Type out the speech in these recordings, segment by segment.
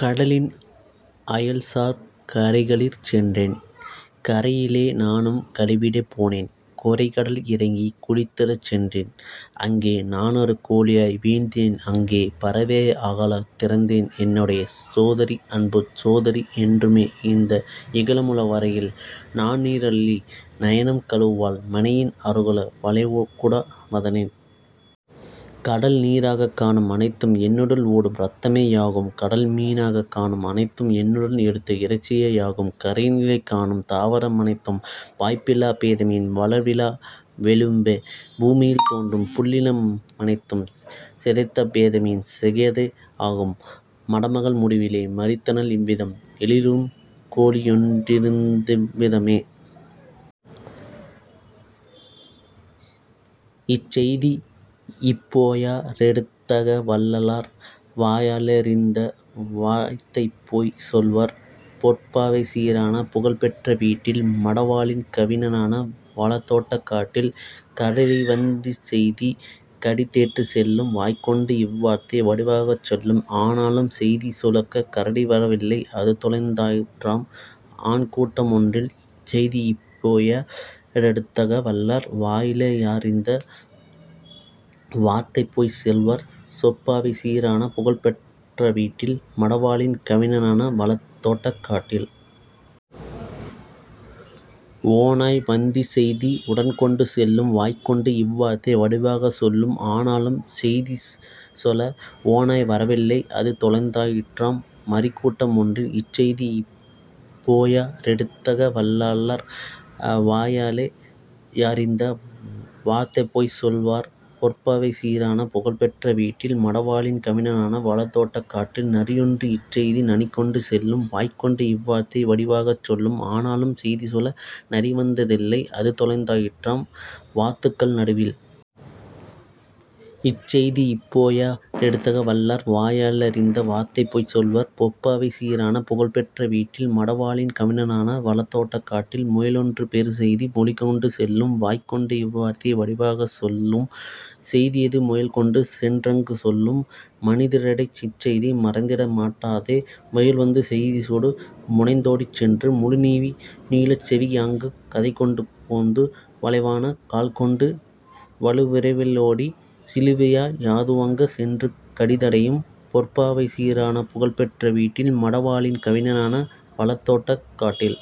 கடலின் அயல்சார் கரைகளிற் சென்றேன். கரையிலே நானும் கழுவிடப் போனேன் குரைகடல் இறங்கிக் குளித்திடச் சென்றேன் அங்கே நானொரு கோழியாய் வீழ்ந்தேன் அங்கே பறவையாய் அகாலத் திறந்தேன் என்னுடைச் சோதரி அன்புச் சோதரி என்றுமே இந்த இகமுள வரையில் நனிநீ ரள்ளி நயனம் கழுவாள் மனையின் அருகுள வளைகுடா வதனில். கடல்நீ ராகக் காணும் அனைத்தும் என்னுடல் ஓடும் இரத்தமே யாகும் கடல்மீ னாகக் காணும் அனைத்தும் என்னுடல் எடுத்த இறைச்சியே யாகும் கரையிலே காணும் தாவர மனைத்தும் வாய்ப்பிலாப் பேதையின் வளர்விலா வெலும்பே பூமியில் தோன்றும் புல்லின மனைத்தும் சிதைந்த பேதையின் சிகையதே யாகும். " மடமகள் முடிவிலே மரித்தனள் இவ்விதம் எழிலுறும் கோழியொன் றிறந்ததிவ் விதமே. இச்செய்தி யிப்போயா ரெடுத்தேக வல்லார் வாயாலே யாரிந்த வார்த்தைபோய்ச் சொல்வார் பொற்பாவை சீரான புகழ்பெற்ற வீட்டில் மடவாளின் கவினான வளர்தோட்டக் காட்டில்? கரடிவந் திச்செய்தி கடிதேற்றுச் செல்லும் வாய்கொண்டு இவ்வார்த்தை வடிவாகச் சொல்லும் ஆனாலும் செய்திசொலக் கரடிவர வில்லை அதுதொலைந் தாயிற்றாம் ஆன்கூட்ட மொன்றில். இச்செய்தி யிப்போயா ரெடுத்தேக வல்லார் வாயாலே யாரிந்த வார்த்தைபோய்ச் சொல்வார் பொற்பாவை சீரான புகழ்பெற்ற வீட்டில் மடவாளின் கவினான வளர்தோட்டக் காட்டில்? ஓநாய்வந் திச்செய்தி உடன்கொண்டு செல்லும் வாய்கொண்டு இவ்வார்த்தை வடிவாகச் சொல்லும் ஆனாலும் செய்திசொல ஓநாய்வர வில்லை அதுதொலைந் தாயிற்றாம் மறிக்கூட்ட மொன்றில். இச்செய்தி யிப்போயா ரெடுத்தேக வல்லார் வாயாலே யாரிந்த வார்த்தைபோய்ச் சொல்வார் பொற்பாவை சீரான புகழ்பெற்ற வீட்டில் மடவாளின் கவினான வளர்தோட்டக் காட்டில்? நரியொன்று இச்செய்தி நனிகொண்டு செல்லும் வாய்கொண்டு இவ்வார்த்தை வடிவாகச் சொல்லும் ஆனாலும் செய்திசொல நரிவந்த தில்லை அதுதொலைந் தாயிற்றாம் வாத்துக்கள் நடுவில். இச்செய்தி யிப்போயா ரெடுத்தேக வல்லார் வாயாலே யாரிந்த வார்த்தைபோய்ச் சொல்வார் பொற்பாவை சீரான புகழ்பெற்ற வீட்டில் மடவாளின் கவினான வளர்தோட்டக் காட்டில்? முயலொன்று பெறும்செய்தி மொழிகொண்டு செல்லும் வாய்கொண்டு இவ்வார்த்தை வடிவாகச் சொல்லும் செய்தியது முயல்கொண்டு சென்றங்கு சொல்லும்: "மனிதரிடை இச்செய்தி மறைந்திட மாட்டாதே. " முயல்வந்து செய்திகொடு முனைந்தோடிச் சென்று 'முழுநீளச் செவி' யாங்கு கதைகொண்டு போந்து வளைவான கால்கொண்டு வலுவிரைவி லோடி 'சிலுவைவாய்' யதுவாங்கு சென்றுகடி தடையும் பொற்பாவை சீரான புகழ்பெற்ற வீட்டில் மடவாளின் கவினான வளர்தோட்டக் காட்டில்.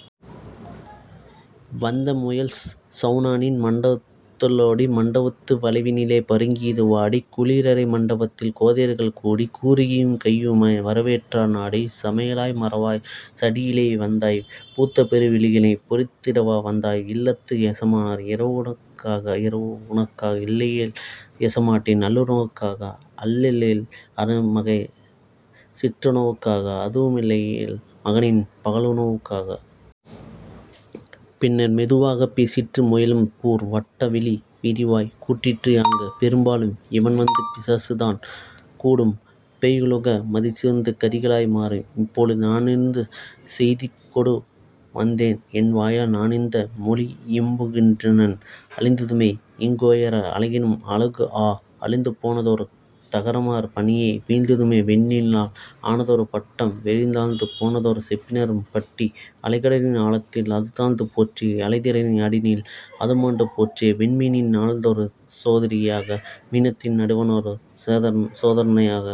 வந்தமுயல் சவுனாவின் மண்டபத்து ளோடி மண்டபத்து வளைவினிலே பருங்கியது வாடி. குளியலறை மண்டபத்தில் கோதையர்கள் கூடி தூரிகையும் கையுமாய் வரவேற்றார் நாடி: "சமையலாய் மாறவா சடிதியிலே வந்தாய் பூத்தபெரு விழிகளினைப் பொரித்திடவா வந்தாய் இல்லத்து எசமானர் இரவுணவுக் காக இல்லையேல் எசமாட்டி நல்லுணவுக் காக அல்லையேல் அருமைமகள் சிற்றுணவுக் காக அதுவுமிலை யேல்மகனின் பகலுணவுக் காக? " பின்னர் மெதுவாகப் பேசிற்று முயலும் கூர் 'வட்ட விழி' விரிவாய்க் கூறிற்றே யாங்கு: "பெரும்பாலும் இவண்வந்து பிசாசுதான் கூடும் பெய்யுகல மதிற்சேர்ந்து கறிகளாய் மாறும்; இப்போது நானிந்தச் செய்திகொடு வந்தேன் என்வாயால் நானிந்த மொழியியம்பு கின்றேன். அழிந்ததுவே இங்கோயோர் அழகினிலும் அழகு ஆ, அழிந்து போனதொரு தகரமார் பணியே வீழ்ந்ததுவே வெள்ளியினால் ஆனதொரு பட்டம் வெறிதாழ்ந்து போனதொரு செப்பினரும் பட்டி அலைகடலின் ஆழத்தில் அதுதாழ்ந்து போச்சே அலைதிரையின் அடிநீரில் அதுமாண்டு போச்சே வெண்மீனின் நல்லதொரு சோதரியே யாக மீனினத்தின் நடுவணொரு சோதரனே யாக.